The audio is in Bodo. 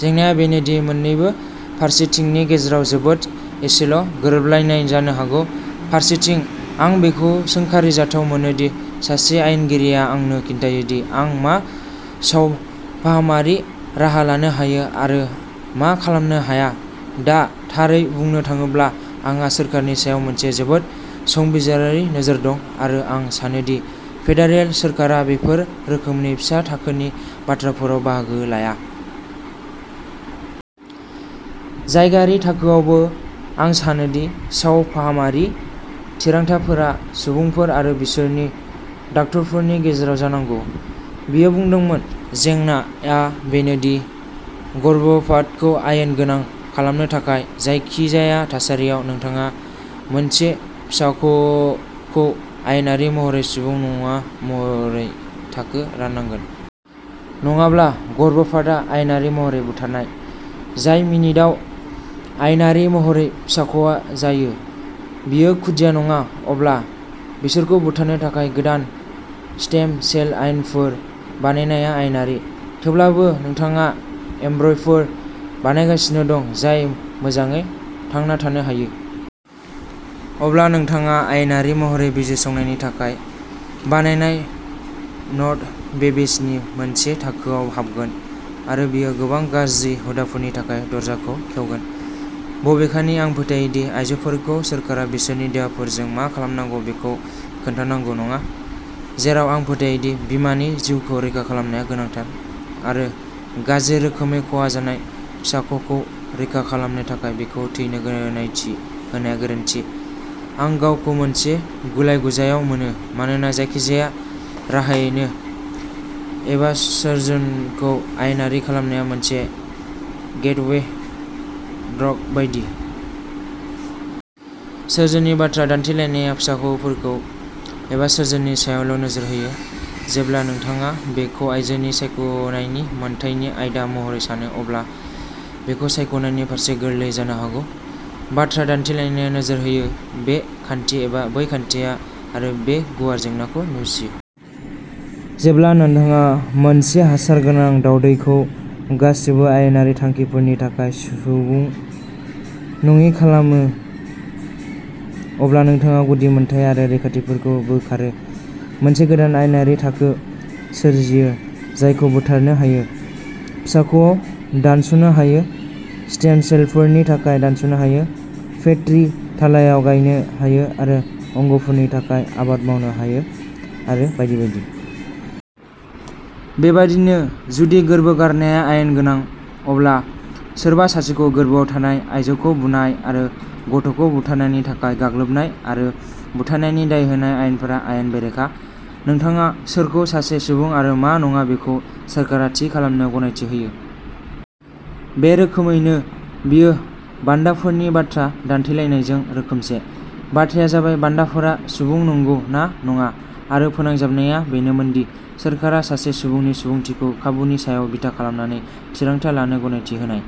जेंनाआ बेनो दि मोन्नैबो फारसेथिंनि गेजेराव जोबोद एसेल' गोरोबलायनाय जानो हागौ। फारसेथिं, आं बेखौ सोंखारिजाथाव मोनो दि सासे आयेनगिरिआ आंनो खोन्थायो दि आं मा सावफाहामारि राहा लानो हायो आरो मा खालामनो हाया। दा, थारै बुंनो थाङोब्ला, आंहा सोरखारनि सायाव मोनसे जोबोद संबिजिरारि नोजोर दं, आरो आं सानो दि फेडारेल सोरखारा बेफोर रोखोमनि फिसा थाखोनि बाथ्राफोराव बाहागो लाया। जायगायारि थाखोआवबो, आं सानो दि सावफाहामारि थिरांथाफोरा सुबुंफोर आरो बिसोरनि डक्टरफोरनि गेजेराव जानांगौ। बियो बुंदोंमोन, जेंनाआ बेनो दि गर्भपातखौ आयेन गोनां खालामनो थाखाय, जायखिजाया थासारियाव, नोंथाङा मोनसे फिसाख'खौ आयेनारि महरै सुबुं नङा महरै थाखो राननांगोन। नङाब्ला, गर्भपातआ आयेनारि महरै बुथारनाय। जाय मिनिटआव आयेनारि महरै फिसाख'आ जायो। बेयो खुदिया नङा, अब्ला बिसोरखौ बुथारनो थाखाय गोदान स्टेम सेल लाइनफोर बानायनाया आयेनारि, थेवब्लाबो नोंथाङा एम्ब्रय'फोर बानायगासिनो दं जाय मोजाङै थांना थानो हायो। अब्ला नोंथाङा आयेनारि महरै बिजिरसंनायनि थाखाय बानायनाय न'ट-बेबीज नि मोनसे थाखोआव हाबगोन, आरो बेयो गोबां गाज्रि हुदाफोरनि थाखाय दरजाखौ खेवगोन। बबेखानि आं फोथायो दि आयजोफोरखौ सोरखारा बिसोरनि देहाफोरजों मा खालामनांगौ बेखौ खोन्थानांगौ नङा, जेराव आं फोथायो दि बिमानि जिउखौ रैखा खालामनाया गोनांथार, आरो गाज्रि रोखोमै खहा जानाय फिसाख'खौ रैखा खालामनो थाखाय बिखौ थैनो गनायथि होनाया गोरोन्थि आं गावखौ मोनसे गुलाय-गुजायाव मोनो, मानोना जायखिजाया राहायैनो एबार्सनखौ आयेनारि खालामनाया मोनसे गेटवे ड्रग बायदि। एबार्सननि बाथ्रा दान्थेलायनाया फिसाख'फोरखौ एबार्सननि सायावल' नोजोर होयो। जेब्ला नोंथाङा बेखौ आयजोनि सायख'नायनि मोन्थाइ नि आयदा महरै सानो, अब्ला बेखौ सायख'नायनि फारसे गोरलै जानो हागौ। बाथ्रा दान्थेलायनाया नोजोर होयो बे खान्थि एबा बै खान्थिया आरो बे गुवार जेंनाखौ नेवसियो। जेब्ला नोंथाङा मोनसे हासार गोनां दावदैखौ गासैबो आयेनारि थांखिफोरनि थाखाय सुबुं नङि खालामो, अब्ला नोंथाङा गुदि मोनथाय आरो रैखाथिफोरखौ बोखारो, मोनसे गोदान आयेनारि थाखो सोरजियो जायखौ बुथारनो हायो, फिसाख'आव दानस'नो हायो, स्टेम सेलफोरनि थाखाय दानस'नो हायो, पेट्रि थालायाव गायनो हायो आरो अंग'फोरनि थाखाय आबाद मावनो हायो, आरो बायदि बायदि। बेबायदिनो, जुदि गोर्बो गारनाया आयेन गोनां, अब्ला सोरबा सासेखौ गोर्बोआव थानाय आयजोखौ बुनाय आरो गथ'खौ बुथारनायनि थाखाय गाग्लोबनाय आरो बुथारनायनि दाय होनाय आयेनफोरा आयेन बेरेखा। नोंथाङा सोरखौ सासे सुबुं आरो मा नङा बेखौ सोरखारा थि खालामनो गनायथि होयो। बे रोखोमैनो, बेयो बान्दाफोरनि बाथ्रा दानथेलायनायजों रोखोमसे। बाथ्राया जाबाय बान्दाफोरा सुबुं नंगौ ना नङा, आरो फोजोबनाया बेनोमोन दि सोरखारा सासे सुबुंनि सुबुंथिखौ खाबुनि सायाव बिथा खालामनानै थिरांथा लानो गनायथि होनाय।